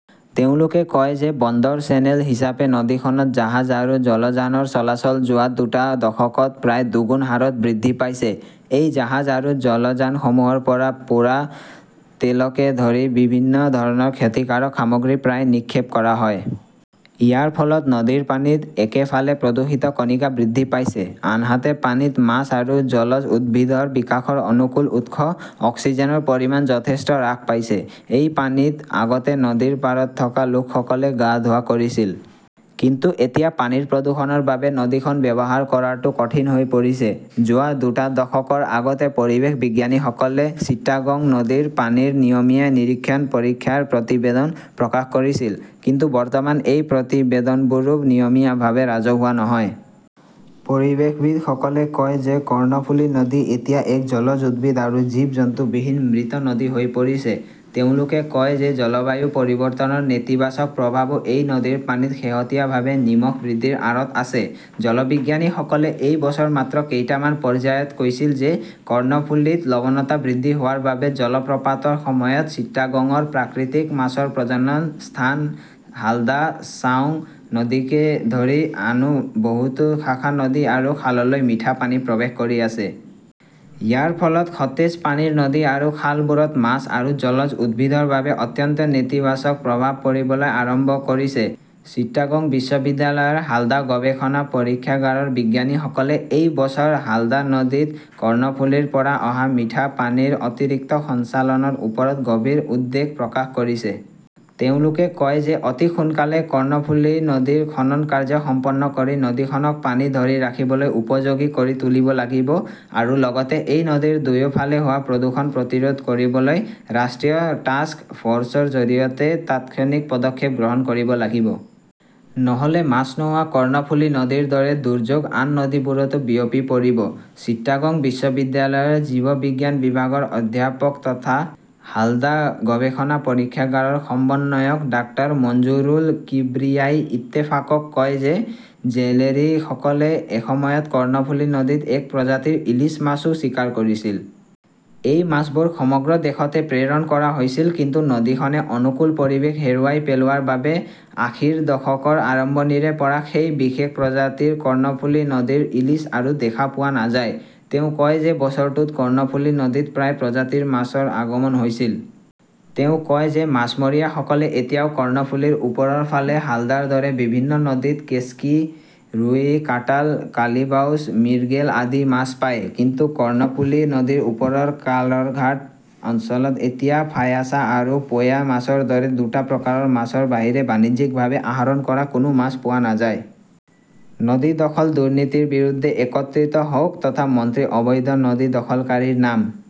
তেওঁলোকে কয় যে বন্দৰ চেনেল হিচাপে নদীখনত জাহাজ আৰু জলযানৰ চলাচল যোৱা দুটা দশকত প্ৰায় দুগুণ হাৰত বৃদ্ধি পাইছে। এই জাহাজ আৰু জলযানসমূহৰ পৰা পোৰা তেলকে ধৰি বিভিন্ন ধৰণৰ ক্ষতিকাৰক সামগ্ৰী প্ৰায়ে নিক্ষেপ কৰা হয়। ইয়াৰ ফলত নদীৰ পানীত একেফালে প্ৰদূষিত কণিকা বৃদ্ধি পাইছে, আনহাতে পানীত মাছ আৰু জলজ উদ্ভিদৰ বিকাশৰ অনুকূল উৎস অক্সিজেনৰ পৰিমাণ যথেষ্ট হ্ৰাস পাইছে। এই পানীত আগতে নদীৰ পাৰত থকা লোকসকলে গা ধোৱা কৰিছিল। কিন্তু এতিয়া পানীৰ প্ৰদূষণৰ বাবে নদীখন ব্যৱহাৰ কৰাটো কঠিন হৈ পৰিছে। যোৱা দুটা দশকৰ আগতে পৰিৱেশ বিজ্ঞানীসকলে চিটাগং নদীৰ পানীৰ নিয়মীয়া নিৰীক্ষণ পৰীক্ষাৰ প্ৰতিবেদন প্ৰকাশ কৰিছিল। কিন্তু বৰ্তমান এই প্ৰতিবেদনবোৰো নিয়মীয়াভাৱে ৰাজহুৱা নহয়। পৰিৱেশবিদসকলে কয় যে কৰ্ণফুলি নদী এতিয়া এক জলজ উদ্ভিদ আৰু জীৱ-জন্তুবিহীন মৃত নদী হৈ পৰিছে। তেওঁলোকে কয় যে জলবায়ু পৰিৱৰ্তনৰ নেতিবাচক প্ৰভাৱো এই নদীৰ পানীত শেহতীয়াভাৱে নিমখ বৃদ্ধিৰ আঁৰত আছে। জলবিজ্ঞানীসকলে এই বছৰ মাত্ৰ কেইটামান পৰ্যায়ত কৈছিল যে কৰ্ণফুলীত লৱণতা বৃদ্ধি হোৱাৰ বাবে জলপ্ৰপাতৰ সময়ত চিটাগংৰ প্ৰাকৃতিক মাছৰ প্ৰজনন স্থান হালদা, ছাংগু নদীকে ধৰি আনও বহুতো শাখা নদী আৰু খাললৈ মিঠা পানী প্ৰৱেশ কৰি আছে। ইয়াৰ ফলত সতেজ পানীৰ নদী আৰু খালবোৰত মাছ আৰু জলজ উদ্ভিদৰ বাবে অত্যন্ত নেতিবাচক প্ৰভাৱ পৰিবলৈ আৰম্ভ কৰিছে। চিটাগং বিশ্ববিদ্যালয়ৰ হালদা গৱেষণা পৰীক্ষাগাৰৰ বিজ্ঞানীসকলে এই বছৰ হালদা নদীত কৰ্ণফুলিৰ পৰা অহা মিঠা পানীৰ অতিৰিক্ত সঞ্চালনৰ ওপৰত গভীৰ উদ্বেগ প্ৰকাশ কৰিছে। তেওঁলোকে কয় যে অতি সোনকালেই কৰ্ণফুলি নদীৰ খনন কাৰ্য্য সম্পন্ন কৰি নদীখনক পানী ধৰি ৰাখিবলৈ উপযোগী কৰি তুলিব লাগিব আৰু লগতে এই নদীৰ দুয়োফালে হোৱা প্ৰদূষণ প্ৰতিৰোধ কৰিবলৈ ৰাষ্ট্ৰীয় টাস্ক ফৰ্চৰ জৰিয়তে তাৎক্ষণিক পদক্ষেপ গ্ৰহণ কৰিব লাগিব। নহ'লে মাছ নোহোৱা কৰ্ণফুলি নদীৰ দৰে দুৰ্যোগ আন নদীবোৰতো বিয়পি পৰিব। চিটাগং বিশ্ববিদ্যালয়ৰ জীৱবিজ্ঞান বিভাগৰ অধ্যাপক তথা হালদা গৱেষণা পৰীক্ষাগাৰৰ সমন্বয়ক ডাঃ মঞ্জুৰুল কিব্ৰিয়াই ইত্তেফাকক কয় যে জেলেৰীসকলে এসময়ত কৰ্ণফুলি নদীত এক প্ৰজাতিৰ ইলিছ মাছও চিকাৰ কৰিছিল। এই মাছবোৰ সমগ্ৰ দেশতে প্ৰেৰণ কৰা হৈছিল। কিন্তু নদীখনে অনুকূল পৰিৱেশ হেৰুৱাই পেলোৱাৰ বাবে আশীৰ দশকৰ আৰম্ভণিৰে পৰা সেই বিশেষ প্ৰজাতিৰ কৰ্ণফুলি নদীৰ ইলিছ আৰু দেখা পোৱা নাযায়। তেওঁ কয় যে বছৰটোত কৰ্ণফুলি নদীত প্ৰায় প্ৰজাতিৰ মাছৰ আগমন হৈছিল। তেওঁ কয় যে মাছমৰীয়াসকলে এতিয়াও কৰ্ণফুলিৰ ওপৰৰ ফালে হালদাৰ দৰে বিভিন্ন নদীত কেচকি, ৰুই, কাটাল, কালিবাউছ, মিৰ্গেল আদি মাছ পায়। কিন্তু কৰ্ণফুলি নদীৰ ওপৰৰ কালৰঘাট অঞ্চলত এতিয়া ফায়াছা আৰু পোয়া মাছৰ দৰে দুটা প্ৰকাৰৰ মাছৰ বাহিৰে বাণিজ্যিকভাৱে আহৰণ কৰা কোনো মাছ পোৱা নাযায়। নদী দখল-দুৰ্নীতিৰ বিৰুদ্ধে একত্ৰিত হওক । তথা মন্ত্ৰী অবৈধ নদী দখলকাৰীৰ নাম।